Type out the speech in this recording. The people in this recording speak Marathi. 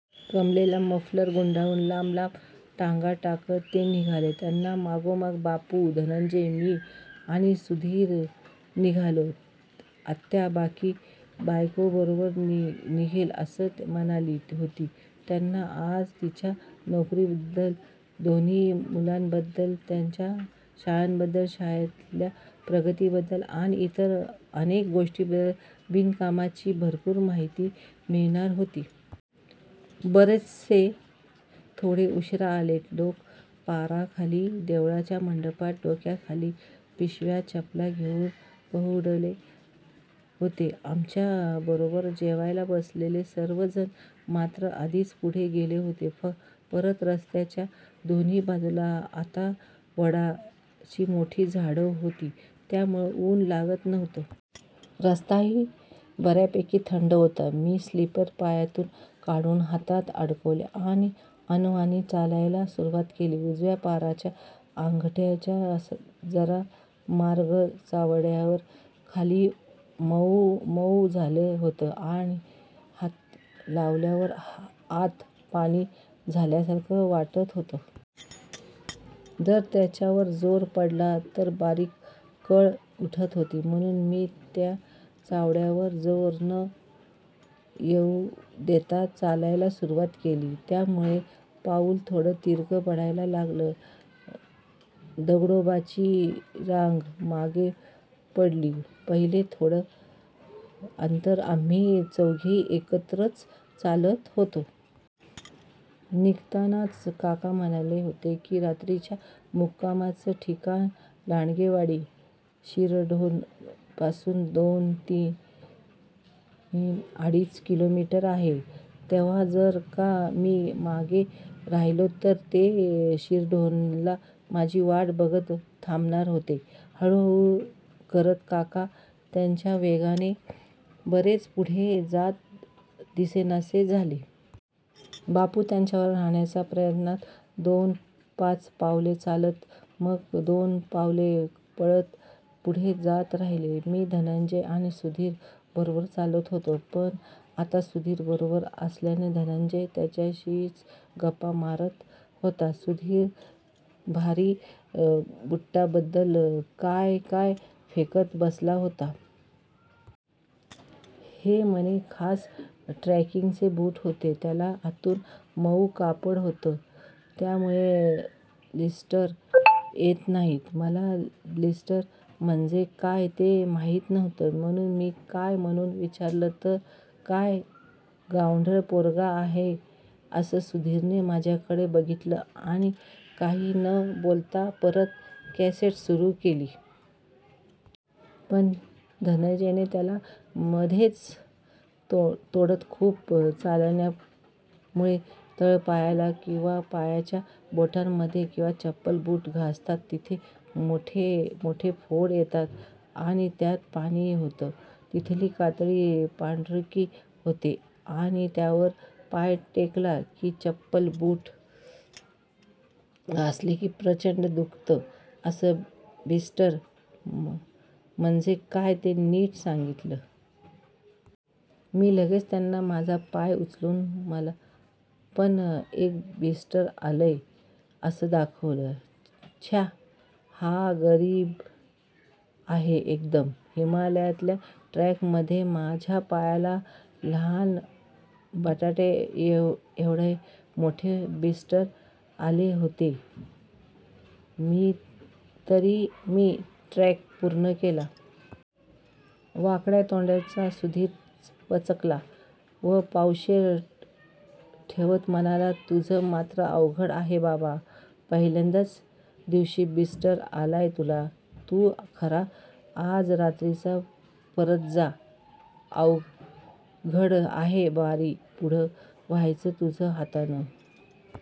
कमरेला मफलर गुंडाळून लांब लांब ढांगा टाकत ते निघाले. त्यांच्या मागोमाग बापू, धनंजय, मी आणि सुधीर निघालो. आत्या बाकी बायकांबरोबर निघेन असं म्हणाली होती त्यांना आज तिच्या नोकरीबद्दल, दोन्ही मुलांबद्दल, त्यांच्या शाळांबद्दल, शाळेतल्या प्रगतीबद्दल आणि इतर अनेक गोष्टींबद्दल बिनकामाची भरपूर माहिती मिळणार होती. बरेचसे थोडे उशीरा आलेले लोक पाराखाली, देवळाच्या मंडपात, डोक्याखाली पिशव्या-चपला घेउन पहुडले होते. आमच्या बरोबर जेवायला बसलेले सगळेजण मात्र आधीच पुढे गेले होते. परत रस्त्याच्या दोन्ही बाजूनी आता वडाची मोठी झाडं होती त्यामुळं उन लागत नव्हतं. रस्ताही बर्यापैकी थंड होता. मी स्लीपर पायातून काढून हातात अडकवल्या आणि अनवाणी चालायला सुरुवात केली. उजव्या पायाच्या अंगठ्याच्या जरा मागं चवड्यावर खाली मउ मउ झालं होतं आणि हात लावल्यावर आत पाणी झाल्यासारखं वाटत होतं. जर त्याच्यावर जोर पडला तर बारीक कळ उठत होती. म्हणुन मी त्या चवड्यावर जोर न येउ देता चालायला सुरुवात केली. त्यामुळे पाउल थोडं तिरकं पडायला लागलं. दंडोबाची रांग मागे पडली. पहिले थोडे अंतर आम्ही चौघेही एकत्रच चालत होतो. निघतानाच काका म्हणाले होते की रात्रीच्या मुक्कामाचं ठिकाण, लांडगेवाडी, शिरढोणपासून पुढे दोन-अडीच किलोमीटर आहे. तेव्हा जर का मी मागे राहिलो तर ते शिरढोणला माझी वाट बघत थांबणार होते. हळुहळु करत काका त्यांच्या वेगाने बरेच पुढे जात दिसेनासे झाले. बापू त्यांच्याबरोबर राहण्याच्या प्रयत्नात दोन-पाच पावलं चालत, मग दोन पावलं पळत पुढे जात राहिले. मी धनंजय आणि सुधीर बरोबर चालत होतो. पण आता सुधीर बरोबर असल्याने धनंजय त्याच्याशीच गप्पा मारत होता. सुधीर त्याच्या भारी बुटांबद्दल काय काय फेकत बसला होता. ते म्हणे खास ट्रेकिंगचे बूट होते. त्याला आतून मउ कापड होतं ज्यामुळे ब्लिस्टर येत नाहीत. मला ब्लिस्टर म्हणजे काय ते माहिती नव्हतं म्हणुन मी काय म्हणुन विचारलं तर काय गावंढळ पोरगा आहे असं सुधीरने माझ्याकडे बघितली व काही न बोलता परत कॅसेट सुरु केली. पण धनंजयने त्याला मध्येच तोडत खूप चालल्यामुळे तळपायाला किंवा पायाच्या बोटांमध्ये किंवा चप्पल-बूट घासतात तिथे मोठे मोठे फोड येतात आणि त्यात पाणी होतं. तिथली कातडी पांढुरकी होते आणि त्याच्यावर पाय टेकला किंवा चप्पल-बूट घासले की प्रचंड दुखतं असं ब्लिस्टर म्हणजे काय ते नीट सांगितले. मी लगेच त्यांना माझा पाय उचलून मला पण एक ब्लिस्टर आलाय असं दाखवलं. छ्या! हा गरीब आहे एकदम. हिमालयातल्या ट्रेकमध्ये माझ्या पायाला लहान बटाट्याएव्हडे मोठे मोठे ब्लिस्टर आले होते. तरी मी ट्रेक पूर्ण केला. वाकड्या तोंड्याचा सुधीर पचकला. वर पावशेर ठेवत म्हणाला, तुझं मात्र अवघड आहे बाबा. पहिल्याच दिवशी ब्लिस्टर आलाय तुला. तू खरा आज रात्रीच परत जा. अवघड आहे वारी पूर्ण व्हायची तुझ्या हातनं